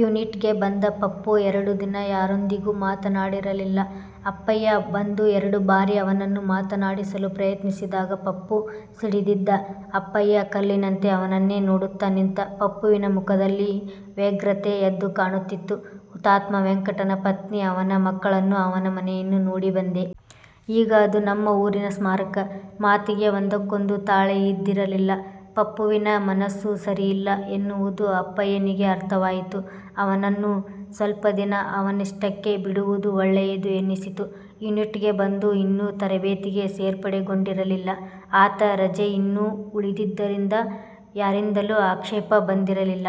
ಯುನಿಟ್ಗೆ ಬಂದ ಪಪ್ಪು ಎರಡು ದಿನ ಯಾರೊಂದಿಗೂ ಮಾತನಾಡಿರಲಿಲ್ಲ. ಅಪ್ಪಯ್ಯ ಬಂದು ಎರಡು ಬಾರಿ ಅವನನ್ನು ಮಾತನಾಡಿಸಲು ಪ್ರಯತ್ನಿಸಿದಾಗ ಪಪ್ಪು ಸಿಡಿದಿದ್ದ ಅಪ್ಪಯ್ಯ ಕಲ್ಲಿನಂತೆ ಅವನನ್ನೇ ನೋಡುತ್ತಾ ನಿಂತ. ಪಪ್ಪುವಿನ ಮುಖದಲ್ಲಿ ವ್ಯಗ್ರತೆ ಎದ್ದು ಕಾಣುತ್ತಿತ್ತು. ''ಹುತಾತ್ಮ ವೆಂಕಟನ ಪತ್ನಿ, ಅವನ ಮಕ್ಕಳನ್ನು, ಅವನ ಮನೆಯನ್ನು ನೋಡಿ ಬಂದೆ. ಈಗ ಅದು ನಮ್ಮ ಊರಿನ ಸ್ಮಾರಕ '' ಮಾತಿಗೆ ಒಂದಕ್ಕೊಂದು ತಾಳೆ ಇದ್ದಿರಲಿಲ್ಲ. ಪಪ್ಪುವಿನ ಮನಸ್ಸು ಸರಿಯಿಲ್ಲ ಎನ್ನುವುದು ಅಪ್ಪಯ್ಯನಿಗೆ ಅರ್ಥವಾಯಿತು. ಅವನನ್ನು ಸ್ವಲ್ಪ ದಿನ ಅವನಷ್ಟಕ್ಕೆ ಬಿಡುವುದು ಒಳ್ಳೆಯದು ಎನ್ನಿಸಿತು. ಯುನಿಟ್ಗೆ ಬಂದು ಇನ್ನೂ ತರಬೇತಿಗೆ ಸೇರ್ಪಡೆಗೊಂಡಿರಲಿಲ್ಲ ಆತ. ರಜೆ ಇನ್ನೂ ಉಳಿದಿದ್ದುದರಿಂದ ಯಾರಿಂದಲೂ ಆಕ್ಷೇಪ ಬಂದಿರಲಿಲ್ಲ.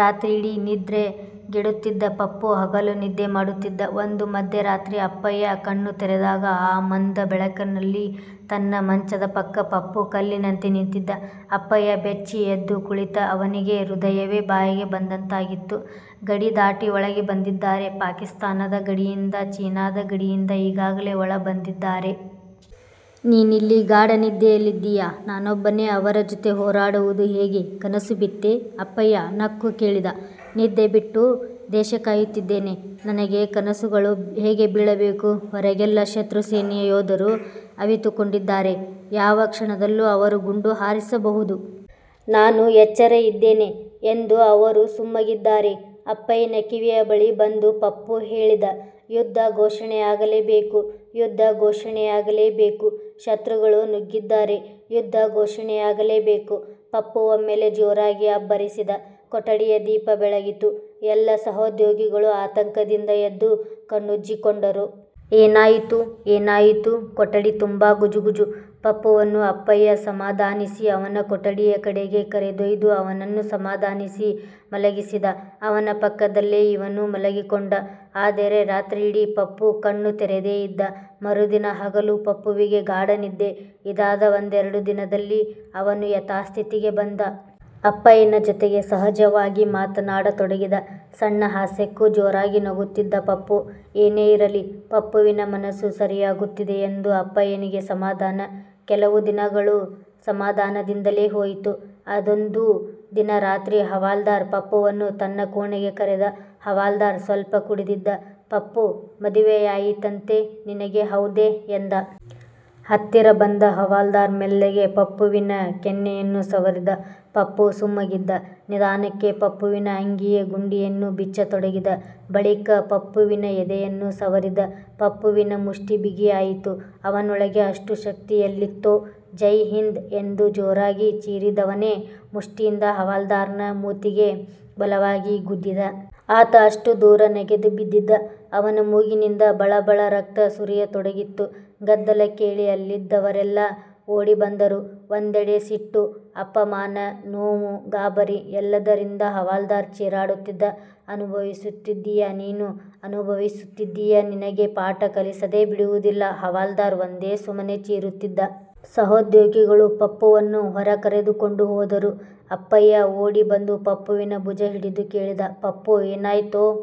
ರಾತ್ರಿಯಿಡೀ ನಿದ್ರೆಗೆಡುತ್ತಿದ್ದ ಪಪ್ಪು, ಹಗಲು ನಿದ್ದೆ ಮಾಡುತ್ತಿದ್ದ. ಒಂದು ಮಧ್ಯ ರಾತ್ರಿ ಅಪ್ಪಯ್ಯ ಕಣ್ಣು ತೆರೆದಾಗ ಆ ಮಂದ ಬೆಳಕಿನಲ್ಲಿ ತನ್ನ ಮಂಚದ ಪಕ್ಕ ಪಪ್ಪು ಕಲ್ಲಿನಂತೆ ನಿಂತಿದ್ದ. ಅಪ್ಪಯ್ಯ ಬೆಚ್ಚಿ ಎದ್ದು ಕುಳಿತ. ಅವನಿಗೆ ಹೃದಯವೇ ಬಾಯಿಗೆ ಬಂದಂತಾಗಿತ್ತು. ''ಗಡಿದಾಟಿ ಒಳ ಬಂದಿದ್ದಾರೆ. ಪಾಕಿಸ್ತಾನದ ಗಡಿಯಿಂದ, ಚೀನಾದ ಗಡಿಯಿಂದ ಈಗಾಗಲೇ ಒಳ ಬಂದಿದ್ದಾರೆ. ನೀನಿಲ್ಲಿ ಗಾಢ ನಿದ್ದೆಯಲ್ಲಿದ್ದೀಯ. ನಾನೊಬ್ಬನೇ ಅವರ ಜೊತೆ ಹೋರಾಡುವುದು ಹೇಗೆ? '' ''ಕನಸು ಬಿತ್ತೇ? '' ಅಪ್ಪಯ್ಯ ನಕ್ಕು ಕೇಳಿದ. ''ನಿದ್ದೆ ಬಿಟ್ಟು ದೇಶ ಕಾಯುತ್ತಿದ್ದೇನೆ. ನನಗೆ ಕನಸು ಗಳು ಹೇಗೆ ಬೀಳಬೇಕು? ಹೊರಗೆಲ್ಲ ಶತ್ರು ಸೇನೆಯ ಯೋಧರು ಅವಿತುಕೊಂಡಿದ್ದಾರೆ. ಯಾವ ಕ್ಷಣದಲ್ಲೂ ಅವರು ಗುಂಡು ಹಾರಿಸಬಹುದು. ನಾನು ಎಚ್ಚರ ಇದ್ದೇನೆ ಎಂದು ಅವರು ಸುಮ್ಮಗಿದ್ದಾರೆ'' ಅಪ್ಪಯ್ಯನ ಕಿವಿಯ ಬಳಿ ಬಂದು ಪಪ್ಪು ಹೇಳಿದ. ''ಯುದ್ಧ ಘೋಷಣೆಯಾಗಲೇ ಬೇಕು. ಯುದ್ಧ ಘೋಷಣೆಯಾಗಲೇ ಬೇಕುಶತ್ರುಗಳು ನುಗ್ಗಿದ್ದಾರೆಯುದ್ಧ ಘೋಷಣೆಯಾಗಲೇ ಬೇಕು'' ಪಪ್ಪು ಒಮ್ಮೆಲೆ ಜೋರಾಗಿ ಅಬ್ಬರಿಸಿದ. ಕೊಠಡಿಯ ದೀಪ ಬೆಳಗಿತು. ಎಲ್ಲ ಸಹೊದ್ಯೋಗಿಗಳೂ ಆತಂಕ ದಿಂದ ಎದ್ದು ಕಣ್ಣುಜ್ಜಿಕೊಂಡರು. ''ಏನಾಯಿತುಏನಾಯಿತು? '' ಕೊಠಡಿ ತುಂಬಾ ಗುಜುಗುಜು. ಪಪ್ಪುವನ್ನು ಅಪ್ಪಯ್ಯ ಸಮಾಧಾನಿಸಿ ಅವನ ಕೊಠಡಿಯ ಕಡೆಗೆ ಕರೆದೊಯ್ದ. ಅವನನ್ನು ಸಮಾಧಾನಿಸಿ ಮಲಗಿಸಿದ. ಅವನ ಪಕ್ಕದಲ್ಲೇ ಇವನೂ ಮಲಗಿಕೊಂಡ. ಆದರೆ ರಾತ್ರಿಯಿಡೀ ಪಪ್ಪು ಕಣ್ಣು ತೆರೆದೇ ಇದ್ದ. ಮರುದಿನ ಹಗಲು ಪಪ್ಪುವಿಗೆ ಗಾಢ ನಿದ್ದೆ. ಇದಾದ ಒಂದೆರಡು ದಿನದಲ್ಲಿ ಅವನು ಯಥಾಸ್ಥಿತಿಗೆ ಬಂದ. ಅಪ್ಪಯ್ಯನ ಜೊತೆಗೆ ಸಹಜವಾಗಿ ಮಾತನಾಡತೊಡಗಿದ. ಸಣ್ಣ ಹಾಸ್ಯಕ್ಕೂ ಜೋರಾಗಿ ನಗುತ್ತಿದ್ದ ಪಪ್ಪು. ಏನೇ ಇರಲಿ, ಪಪ್ಪುವಿನ ಮನಸ್ಸು ಸರಿಯಾಗುತ್ತಿದೆ ಎಂದು ಅಪ್ಪಯ್ಯನಿಗೆ ಸಮಾಧಾನ. ಕೆಲವು ದಿನಗಳು ಸಮಾಧಾನದಿಂದಲೇ ಹೋಯಿತು. ಅದೊಂದು ದಿನ ರಾತ್ರಿ ಹವಾಲ್ದಾರ್ ಪಪ್ಪುವನ್ನು ತನ್ನ ಕೋಣೆಗೆ ಕರೆದ. ಹವಾಲ್ದಾರ್ ಸ್ವಲ್ಪ ಕುಡಿದಿದ್ದ. ''ಪಪ್ಪುಮದುವೆಯಾಯಿತಂತೆ ನಿನಗೆ ಹೌದೆ'' ಎಂದ. ಹತ್ತಿರ ಬಂದ ಹವಾಲ್ದಾರ್ ಮೆಲ್ಲಗೆ ಪಪ್ಪುವಿನ ಕೆನ್ನೆಯನ್ನು ಸವರಿದ. ಪಪ್ಪು ಸುಮ್ಮಗಿದ್ದ. ನಿಧಾನಕ್ಕೆ ಪಪ್ಪುವಿನ ಅಂಗಿಯ ಗುಂಡಿಯನ್ನು ಬಿಚ್ಚತೊಡಗಿದ. ಬಳಿಕ ಪಪ್ಪುವಿನ ಎದೆಯನ್ನು ಸವರಿದ. ಪಪ್ಪುವಿನ ಮುಷ್ಟಿ ಬಿಗಿಯಾಯಿತು. ಅವನೊಳಗೆ ಅಷ್ಟು ಶಕ್ತಿ ಎಲ್ಲಿತ್ತೋ? ''ಜೈ ಹಿಂದ್'' ಎಂದು ಜೋರಾಗಿ ಚೀರಿದವನೇ ಮುಷ್ಟಿಯಿಂದ ಹವಾಲ್ದಾರ್ನ ಮೂತಿಗೆ ಬಲವಾಗಿ ಗುದ್ದಿದ. ಆತ ಅಷ್ಟು ದೂರ ನೆಗೆದು ಬಿದ್ದಿದ್ದ. ಅವನ ಮೂಗಿನಿಂದ ಬಳಬಳ ರಕ್ತ ಸುರಿಯತೊಡಗಿತ್ತು. ಗದ್ದಲ ಕೇಳಿ ಅಲ್ಲಿದ್ದವರೆಲ್ಲ ಓಡಿ ಬಂದರು. ಒಂದೆಡೆ ಸಿಟ್ಟು, ಅಪಮಾನ, ನೋವು, ಗಾಬರಿ ಎಲ್ಲದರಿಂದ ಹವಾಲ್ದಾರ್ ಚೀರಾಡುತ್ತಿದ್ದ. ''ಅನುಭವಿಸುತ್ತೀಯನೀನು ಅನುಭವಿಸು ತ್ತೀಯನಿನಗೆ ಪಾಠ ಕಲಿಸದೇ ಬಿಡುವುದಿಲ್ಲ'' ಹವಾಲ್ದಾರ್ ಒಂದೇ ಸಮನೆ ಚೀರುತ್ತಿದ್ದ. ಸಹೋದ್ಯೋಗಿಗಳು ಪಪ್ಪುವನ್ನು ಹೊರ ಕರೆದುಕೊಂಡು ಹೋದರು. ಅಪ್ಪಯ್ಯ ಓಡಿ ಬಂದು ಪಪ್ಪುವಿನ ಭುಜ ಹಿಡಿದು ಕೇಳಿದ ''ಪಪ್ಪು ಏನಾಯ್ತೋ? ''